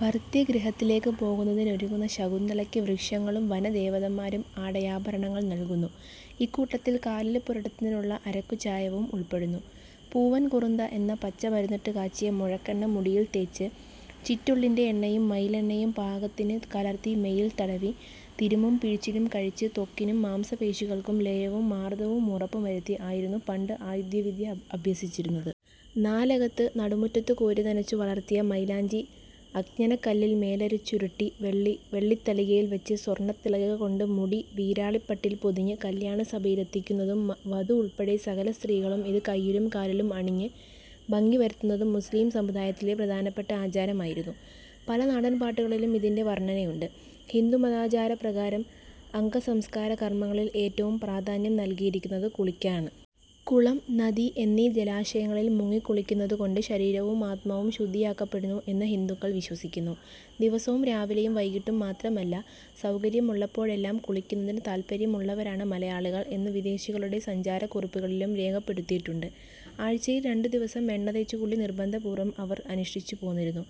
ഭർതൃഗൃഹത്തിലേക്ക് പോകുന്നതിനൊരുങ്ങുന്ന ശകുന്തളയ്ക്ക് വൃക്ഷങ്ങളും വനദേവതൻമാരും ആടയാഭരണങ്ങൾ നൽകുന്നു. ഇക്കൂട്ടത്തിൽ കാലിൽ പുരട്ടുന്നതിനുള്ള അരക്കുചായവും ഉൾപ്പെടുന്നു. പൂവൻകൊറുന്ത എന്ന പച്ചമരുന്നിട്ടുകാച്ചിയ മൂഴക്കെണ്ണ മുടിയിൽതേച്ച് ചിറ്റെള്ളിന്റെ എണ്ണയും മയിലെണ്ണയും പാകത്തിനു കലർത്തി മെയ്യിൽ തടവി, തിരുമ്മും പിഴിച്ചിലും കഴിച്ച് ത്വക്കിനും മാംസപേശികൾക്കും ലയവും മാർദവവും ഉറപ്പും വരുത്തി ആയിരുന്നു പണ്ട് ആയുധവിദ്യ അഭ്യസിച്ചിരുന്നത്. നാലകത്തു നടുമുറ്റത്ത്കോരിനനച്ചു വളർത്തിയ മൈലാഞ്ചി അഞ്ജനക്കല്ലിൻമേലരച്ചുരുട്ടി വെള്ളിത്തളികയിൽവച്ച് സ്വർണത്തളികകൊണ്ടു മൂടി വീരാളിപ്പട്ടിൽ പൊതിഞ്ഞ് കല്യാണസഭയിലെത്തിക്കുന്നതും വധു ഉൾപ്പെടെ സകലസ്ത്രീകളും ഇത് കൈയിലും കാലിലും അണിഞ്ഞ് ഭംഗിവരുത്തുന്നതും മുസ്ലിം സമുദായത്തിലെ പ്രധാനപ്പെട്ട ആചാരമായിരുന്നു. പല നാടൻപാട്ടുകളിലും ഇതിന്റെ വർണനയുണ്ട്. ഹിന്ദുമതാചാരപ്രകാരം അംഗസംസ്കാരകർമങ്ങളിൽ ഏറ്റവും പ്രാധാന്യം നല്കിയിരിക്കുന്നത് കുളിക്കാണ്. കുളം, നദി എന്നീ ജലാശയങ്ങളിൽ മുങ്ങിക്കുളിക്കുന്നതുകൊണ്ട് ശരീരവും ആത്മാവും ശുദ്ധിയാക്കപ്പെടുന്നു എന്ന് ഹിന്ദുക്കൾ വിശ്വസിക്കുന്നു. ദിവസവും രാവിലെയും വൈകിട്ടും മാത്രമല്ല, സൗകര്യമുള്ളപ്പോഴെല്ലാം കുളിക്കുന്നതിന് താത്പര്യമുളളവരാണ് മലയാളികൾ എന്ന് വിദേശികളുടെ സഞ്ചാരക്കുറിപ്പുകളിലും രേഖപ്പെടുത്തിയിട്ടുണ്ട്. ആഴ്ചയിൽ രണ്ടുദിവസം എണ്ണതേച്ചുകുളി നിർബന്ധപൂർവം അവർ അനുഷ്ഠിച്ചുപോന്നിരുന്നു.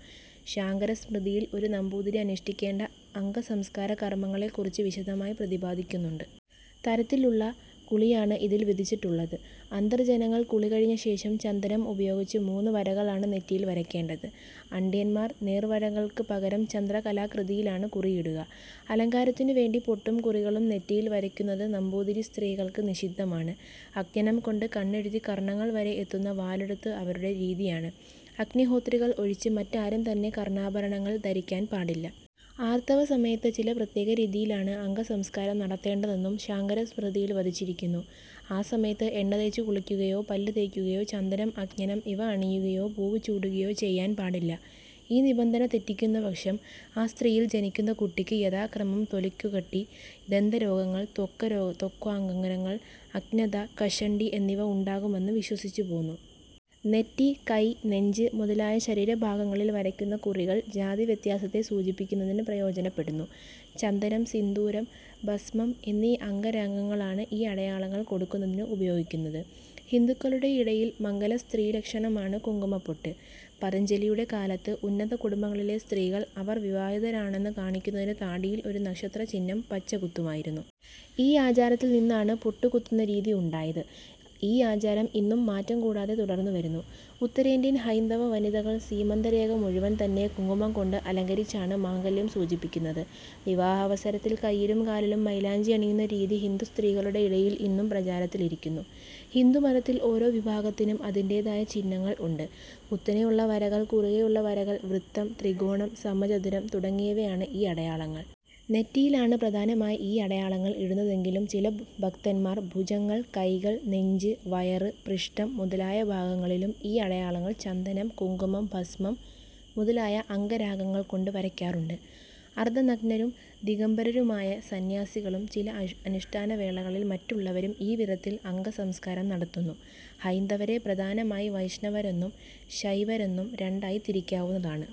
ശാങ്കരസ്മൃതിയിൽ ഒരു നമ്പൂതിരി അനുഷ്ഠിക്കേണ്ട അംഗസംസ്കാരകർമങ്ങളെക്കുറിച്ച് വിശദമായി പ്രതിപാദിക്കുന്നുണ്ട്. തരത്തിലുളള കുളിയാണ് ഇതിൽ വിധിച്ചിട്ടുള്ളത്. അന്തർജനങ്ങൾ കുളികഴിഞ്ഞശേഷം ചന്ദനം ഉപയോഗിച്ച് മൂന്നുവരകളാണ് നെറ്റിയിൽ വരയ്ക്കേണ്ടത്. ആഢ്യൻമാർ നേർവരകൾക്കു പകരം ചന്ദ്രക്കലാകൃതിയിലാണ് കുറിയിടുക. അലങ്കാരത്തിനുവേണ്ടി പൊട്ടും കുറികളും നെറ്റിയിൽ വരയ്ക്കുന്നത് നമ്പൂതിരിസ്ത്രീകൾക്ക് നിഷിദ്ധമാണ്. അഞ്ജനം കൊണ്ട് കണ്ണെഴുതി കർണങ്ങൾവരെ എത്തുന്ന വാലെഴുത്തു അവരുടെ രീതിയാണ്. അഗ്നിഹോത്രികൾ ഒഴിച്ച് മറ്റാരും തന്നെ കർണാഭരണങ്ങൾ ധരിക്കാൻ പാടില്ല. ആർത്തവസമയത്ത് ചില പ്രത്യേകരീതിയിലാണ് അംഗസംസ്കാരം നടത്തേണ്ടതെന്നും ശാങ്കരസ്മൃതിയിൽ വധിച്ചിരിക്കുന്നു. ആ സമയത്ത് എണ്ണതേച്ചു കുളിക്കുകയോ പല്ലു തേയ്ക്കുകയോ ചന്ദനം, അഞ്ജനം ഇവ അണിയുകയോ, പൂവു ചൂടുകയോ ചെയ്യാൻപാടില്ല. ഈ നിബന്ധന തെറ്റിക്കുന്നപക്ഷം ആ സ്ത്രീയിൽ ജനിക്കുന്ന കുട്ടിക്ക് യഥാക്രമം തൊലിക്കുകട്ടി, ദന്തരോഗങ്ങൾ, ത്വക്ക്വഗരങ്ങൾ, അന്ധത, കഷണ്ടി എന്നിവ ഉണ്ടാകുമെന്ന് വിശ്വസിച്ചുപോന്നു. നെറ്റി, കൈ, നെഞ്ച് മുതലായ ശരീരഭാഗങ്ങളിൽ വരയ്ക്കുന്ന കുറികൾ ജാതിവ്യത്യാസത്തെ സൂചിപ്പിക്കുന്നതിന് പ്രയോജനപ്പെടുന്നു. ചന്ദനം, സിന്ദൂരം, ഭസ്മം എന്നീ അംഗരാഗങ്ങളാണ് ഈ അടയാളങ്ങൾ കൊടുക്കുന്നതിന് ഉപയോഗിക്കുന്നത്. ഹിന്ദുക്കളുടെയിടയിൽ മംഗലസ്ത്രീലക്ഷണമാണ് കുങ്കുമപ്പൊട്ട്. പതഞ്ജലിയുടെ കാലത്ത് ഉന്നതകുടുംബങ്ങളിലെ സ്ത്രീകൾ, അവർ വിവാഹിതരാണെന്നു കാണിക്കുന്നതിന് താടിയിൽ ഒരു നക്ഷത്രചിഹ്നം പച്ചകുത്തുമായിരുന്നു. ഈ ആചാരത്തിൽനിന്നാണ് പൊട്ടുകുത്തുന്നരീതി ഉണ്ടായത്. ഈ ആചാരം ഇന്നും മാറ്റംകൂടാതെ തുടർന്നുവരുന്നു. ഉത്തരേന്ത്യൻ ഹൈന്ദവവനിതകൾ സീമന്തരേഖ മുഴുവൻതന്നെ കുങ്കുമംകൊണ്ട് അലങ്കരിച്ചാണ് മാംഗല്യം സൂചിപ്പിക്കുന്നത്. വിവാഹാവസരത്തിൽ കൈയിലും കാലിലും മൈലാഞ്ചി അണിയുന്ന രീതി ഹിന്ദുസ്ത്രീകളുടെ ഇടയിൽ ഇന്നും പ്രചാരത്തിലിരിക്കുന്നു. ഹിന്ദുമതത്തിൽ ഓരോവിഭാഗത്തിനും അതിന്റേതായ ചിഹ്നങ്ങൾ ഉണ്ട്. കുത്തനെയുള്ള വരകൾ, കുറുകെയുള്ള വരകൾ, വൃത്തം, ത്രികോണം, സമചതുരം തുടങ്ങിയവയാണ് ഈ അടയാളങ്ങൾ. നെറ്റിയിലാണ് പ്രധാനമായി ഈ അടയാളങ്ങൾ ഇടുന്നതെങ്കിലും ചില ഭക്തൻമാർ ഭുജങ്ങൾ, കൈകൾ, നെഞ്ച്, വയറ്, പൃഷ്ഠം മുതലായഭാഗങ്ങളിലും ഈ അടയാളങ്ങൾ ചന്ദനം, കുങ്കുമം, ഭസ്മം മുതലായ അംഗരാഗങ്ങൾകൊണ്ട് വരയ്ക്കാറുണ്ട്. അർധനഗ്നരും ദിഗംബരരുമായ സന്ന്യാസികളും ചില അനുഷ്ഠാനവേളകളിൽ മറ്റുള്ളവരും ഈ വിധത്തിൽ അംഗസംസ്കാരം നടത്തുന്നു. ഹൈന്ദവരെ പ്രധാനമായി വൈഷ്ണവരെന്നും ശൈവരെന്നും രണ്ടായി തിരിക്കാവുന്നതാണ്.